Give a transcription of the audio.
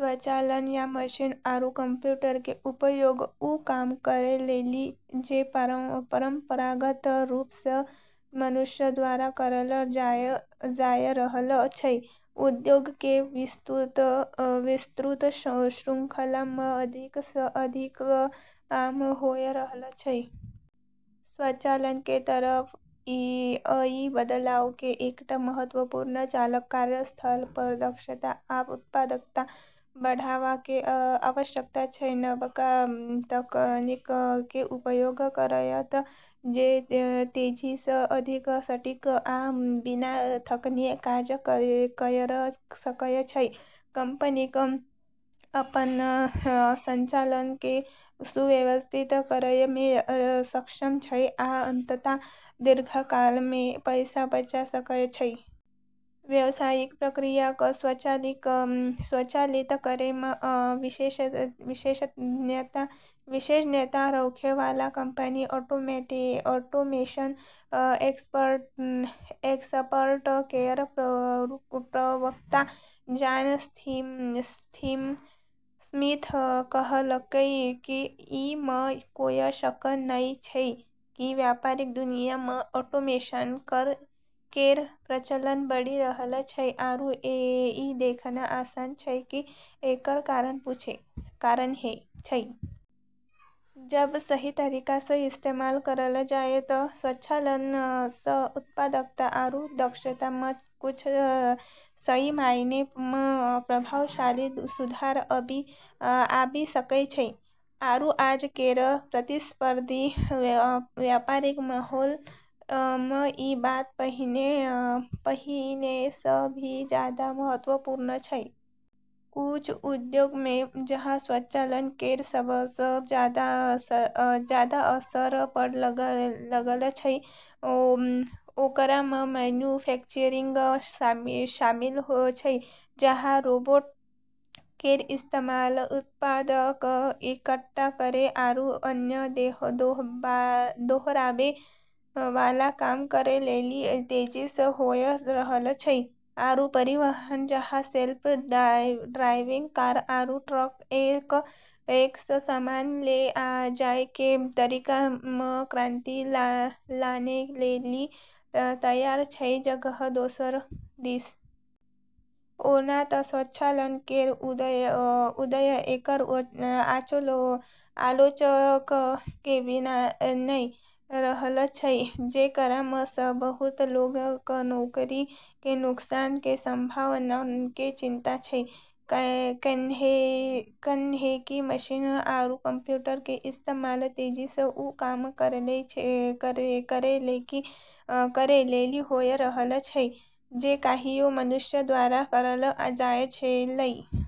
स्वचालन, या मशीन आरू कंप्यूटर के उपयोग वू काम करै लेली जे परंपरागत रूप स॑ मनुष्य द्वारा करलऽ जाय रहलऽ छै, उद्योगऽ के विस्तृत श्रृंखला म॑ अधिक स॑ अधिक आम होय रहलऽ छै। स्वचालन के तरफ अइ बदलाव के एकटा महत्वपूर्ण चालक कार्यस्थल पर दक्षता आ उत्पादकता बढ़ावा के आवश्यकता छै । नबका तकनीक के उपयोग करयत जे तेजी सऽ, अधिक सटीक आ बिना थकने काज कयर सकय छै, कंपनीक अपन संचालन के सुव्यवस्थित करय मे सक्षम छै आ अंततः दीर्घकाल मे पैसा बचा सकय छै। व्यवसायिक प्रक्रिया क॑ स्वचालित करै म॑ विशेषज्ञता रखै वाला कंपनी ऑटोमेशन एक्सपर्ट केरऽ प्रवक्ता जॉन स्मिथ कहलकै कि ई म॑ कोय शक नै छै कि व्यापारिक दुनिया म॑ ऑटोमेशन केरऽ प्रचलन बढ़ी रहलऽ छै, आरू ई देखना आसान छै कि एकरऽ कारण छै। जब सही तरीका स॑ इस्तेमाल करलऽ जाय त॑ स्वचालन स॑ उत्पादकता आरू दक्षता म॑ कुछ सही मायने म॑ प्रभावशाली सुधार आबी सकै छै। आरू आज केरऽ प्रतिस्पर्धी व्यापारिक माहौल म॑ ई बात पहिने स॑ भी जादा महत्वपूर्ण छै। कुछ उद्योगऽ म॑ जहाँ स्वचालन केरऽ सबसऽ जादा असर पड़॑ लगलऽ छै, ओकरा म॑ मैन्युफैक्चरिंग शामिल छै, जहां रोबोट केरऽ इस्तेमाल उत्पाद क॑ इकट्ठा करै आरू अन्य दोहराबै वाला काम करै लेली तेजी स॑ होय रहलऽ छै, आरू परिवहन, जहाँ सेल्फ ड्राइविंग कार आरू ट्रक एक स॑ सामान ले जाय के तरीका म॑ क्रांति लानै लेली तैयार छै जगह दोसर दिस। ओना त स्वचालन केरऽ उदय एकरऽ आलोचकऽ के बिना नै रहलऽ छै, जेकरा म॑ स॑ बहुत लोगऽ क॑ नौकरी के नुकसान के संभावना के चिंता छै, कैन्हेंकि मशीन आरू कंप्यूटर के इस्तेमाल तेजी स॑ वू काम करै लेली होय रहलऽ छै जे कहियो मनुष्य द्वारा करलऽ जाय छेलै।